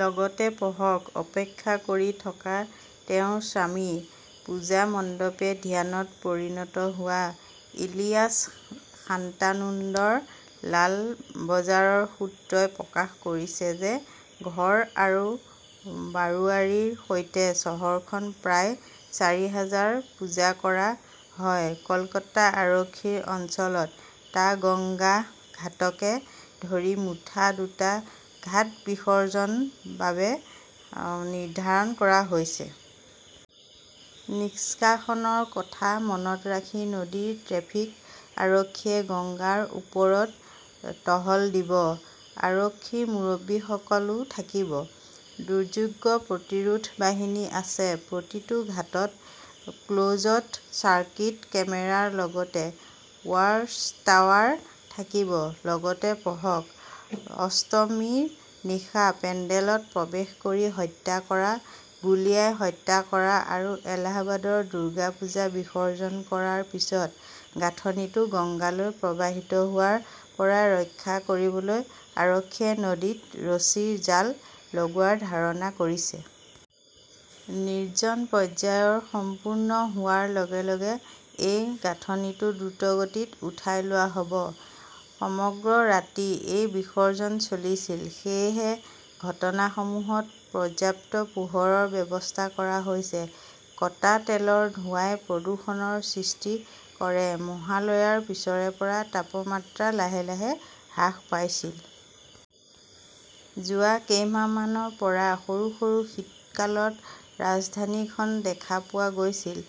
লগতে পঢ়কঃ অপেক্ষা কৰি থকা তেওঁৰ স্বামী, পূজা মণ্ডপে ধ্যানত পৰিণত হোৱা ইলিয়াছ শান্তানুন্দৰ লাল বজাৰৰ সূত্ৰই প্ৰকাশ কৰিছে যে ঘৰ আৰু বাৰোৱাৰীৰ সৈতে চহৰখনত প্ৰায় চাৰি হাজাৰ পূজা কৰা হয়। কলকাতা আৰক্ষী অঞ্চলত টা গংগা ঘাটকে ধৰি মুঠ টা ঘাট বিসৰ্জনৰ বাবে নিৰ্ধাৰণ কৰা হৈছে। নিষ্কাশনৰ কথা মনত ৰাখি নদীৰ ট্ৰেফিক আৰক্ষীয়ে গংগাৰ ওপৰত টহল দিব। আৰক্ষীৰ মুৰব্বীসকলও থাকিব। দুৰ্যোগ প্ৰতিৰোধ বাহিনী আছে। প্ৰতিটো ঘাটত ক্লোজ্ড চাৰ্কিট কেমেৰাৰ লগতে ৱাচ-টাৱাৰ থাকিব। লগতে পঢ়কঃ অষ্টমীৰ নিশা পেণ্ডেলত প্ৰৱেশ কৰি হত্যা কৰা, গুলীয়াই হত্যা কৰা আৰু এলাহাবাদৰ দুৰ্গা পূজা বিসৰ্জন কৰাৰ পিছত গাঁথনিটো গঙ্গালৈ প্ৰবাহিত হোৱাৰ পৰা ৰক্ষা কৰিবলৈ আৰক্ষীয়ে নদীত ৰছীৰ জাল লগোৱাৰ ধাৰণা কৰিছে। নিৰ্জন পৰ্যায় সম্পূৰ্ণ হোৱাৰ লগে লগে এই গাঁথনিটো দ্ৰুতগতিত উঠাই লোৱা হ "ব। সমগ্ৰ ৰাতি এই বিসৰ্জন চলিছিল। সেয়েহে ঘাটসমূহত পৰ্যাপ্ত পোহৰৰ ব্যৱস্থা কৰা হৈছে। কটা তেলৰ ধোঁৱাই প্ৰদূষণৰ সৃষ্টি কৰে মাহালয়ৰ পিছৰে পৰা তাপমাত্ৰা লাহে লাহে হ্ৰাস পাইছিল। যোৱা কেইমাহমানৰ পৰা সৰু সৰু শীতকালত ৰাজধানীখন দেখা পোৱা গৈছিল।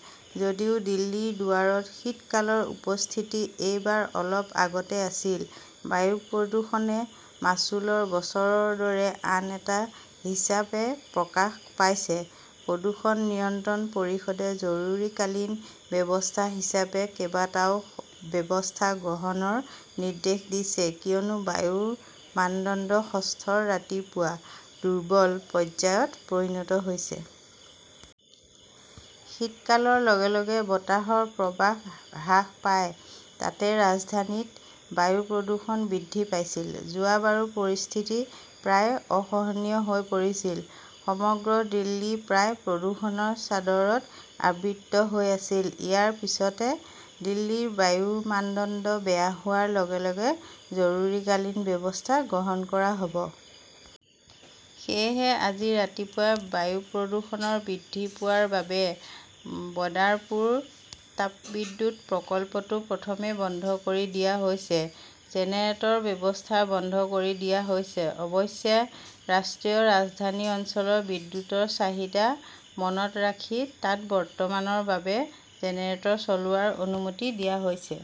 যদিও দিল্লীৰ দুৱাৰত শীতকালৰ উপস্থিতি এইবাৰ অলপ আগতে আছিল, বায়ু প্ৰদূষণে মাচুলৰ বছৰৰ দৰে আন এটা হিচাপে প্ৰকাশ পাইছে। প্ৰদূষণ নিয়ন্ত্ৰণ পৰিষদে জৰুৰীকালীন ব্যৱস্থা হিচাপে কেইবাটাও ব্যৱস্থা গ্ৰহণৰ নিৰ্দেশ দিছে কিয়নো বায়ুৰ মানদণ্ড ষষ্ঠৰ ৰাতিপুৱা 'দুৰ্বল "পৰ্যায়ত পৰিণত হৈছিল। শীতকালৰ লগে লগে বতাহৰ প্ৰৱাহ হ্ৰাস পায়। তাতেই ৰাজধানীত বায়ু প্ৰদূষণ বৃদ্ধি পাইছিল। যোৱা বাৰো পৰিস্থিতি প্ৰায় অসহনীয় হৈ পৰিছিল। সমগ্ৰ দিল্লী প্ৰায় প্ৰদূষণৰ চাদৰত আবৃত হৈ আছিল। ইয়াৰ পিছতে, দিল্লীৰ বায়ুৰ মানদণ্ড বেয়া হোৱাৰ লগে লগে জৰুৰীকালীন ব্যৱস্থা গ্ৰহণ কৰা হ "ব। সেয়েহে আজি ৰাতিপুৱা বায়ু প্ৰদূষণ বৃদ্ধি পোৱাৰ বাবে বদাৰপুৰ তাপবিদ্যুৎ প্ৰকল্পটো প্ৰথমে বন্ধ কৰি দিয়া হৈছে। জেনেৰেটৰৰ ব্যৱহাৰ বন্ধ কৰি দিয়া হৈছে। অৱশ্যে, ৰাষ্ট্ৰীয় ৰাজধানী অঞ্চলৰ বিদ্যুৎৰ চাহিদা মনত ৰাখি তাত বৰ্তমানৰ বাবে জেনেৰেটৰ চলোৱাৰ অনুমতি দিয়া হৈছে।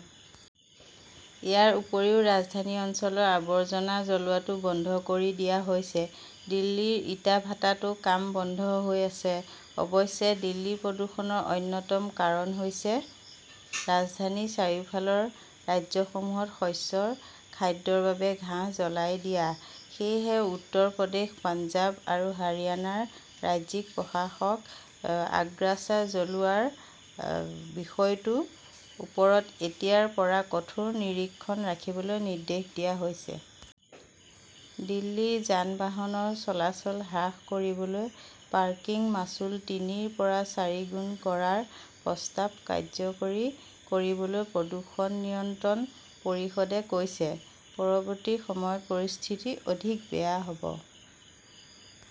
ইয়াৰ উপৰিও ৰাজধানী অঞ্চলত আৱৰ্জনা জ্বলোৱাটো বন্ধ কৰি দিয়া হৈছে। দিল্লীৰ ইটাৰ ভাটাতো কাম বন্ধ হৈ আছে। অৱশ্যে, দিল্লীৰ প্ৰদূষণৰ অন্যতম কাৰণ হৈছে ৰাজধানীৰ চাৰিওফালৰ ৰাজ্যসমূহত শস্যৰ খাদ্যৰ বাবে ঘাঁহ জ্বলাই দিয়া। সেয়েহে উত্তৰ প্ৰদেশ, পঞ্জাৱ আৰু হাৰিয়ানাৰ ৰাজ্যিক প্ৰশাসনক আগাছা জ্বলোৱাৰ বিষয়টোৰ ওপৰত এতিয়াৰ পৰা কঠোৰ নিৰীক্ষণ ৰাখিবলৈ নিৰ্দেশ দিয়া হৈছে। দিল্লীৰ যান-বাহনৰ চলাচল হ্ৰাস কৰিবলৈ পাৰ্কিং মাচুল তিনিৰ পৰা চাৰিগুণ কৰাৰ প্ৰস্তাৱ কাৰ্যকৰী কৰিবলৈ প্ৰদূষণ নিয়ন্ত্ৰণ পৰিষদে কৈছে। পৰৱৰ্তী সময়ত পৰিস্থিতি অধিক বেয়া হ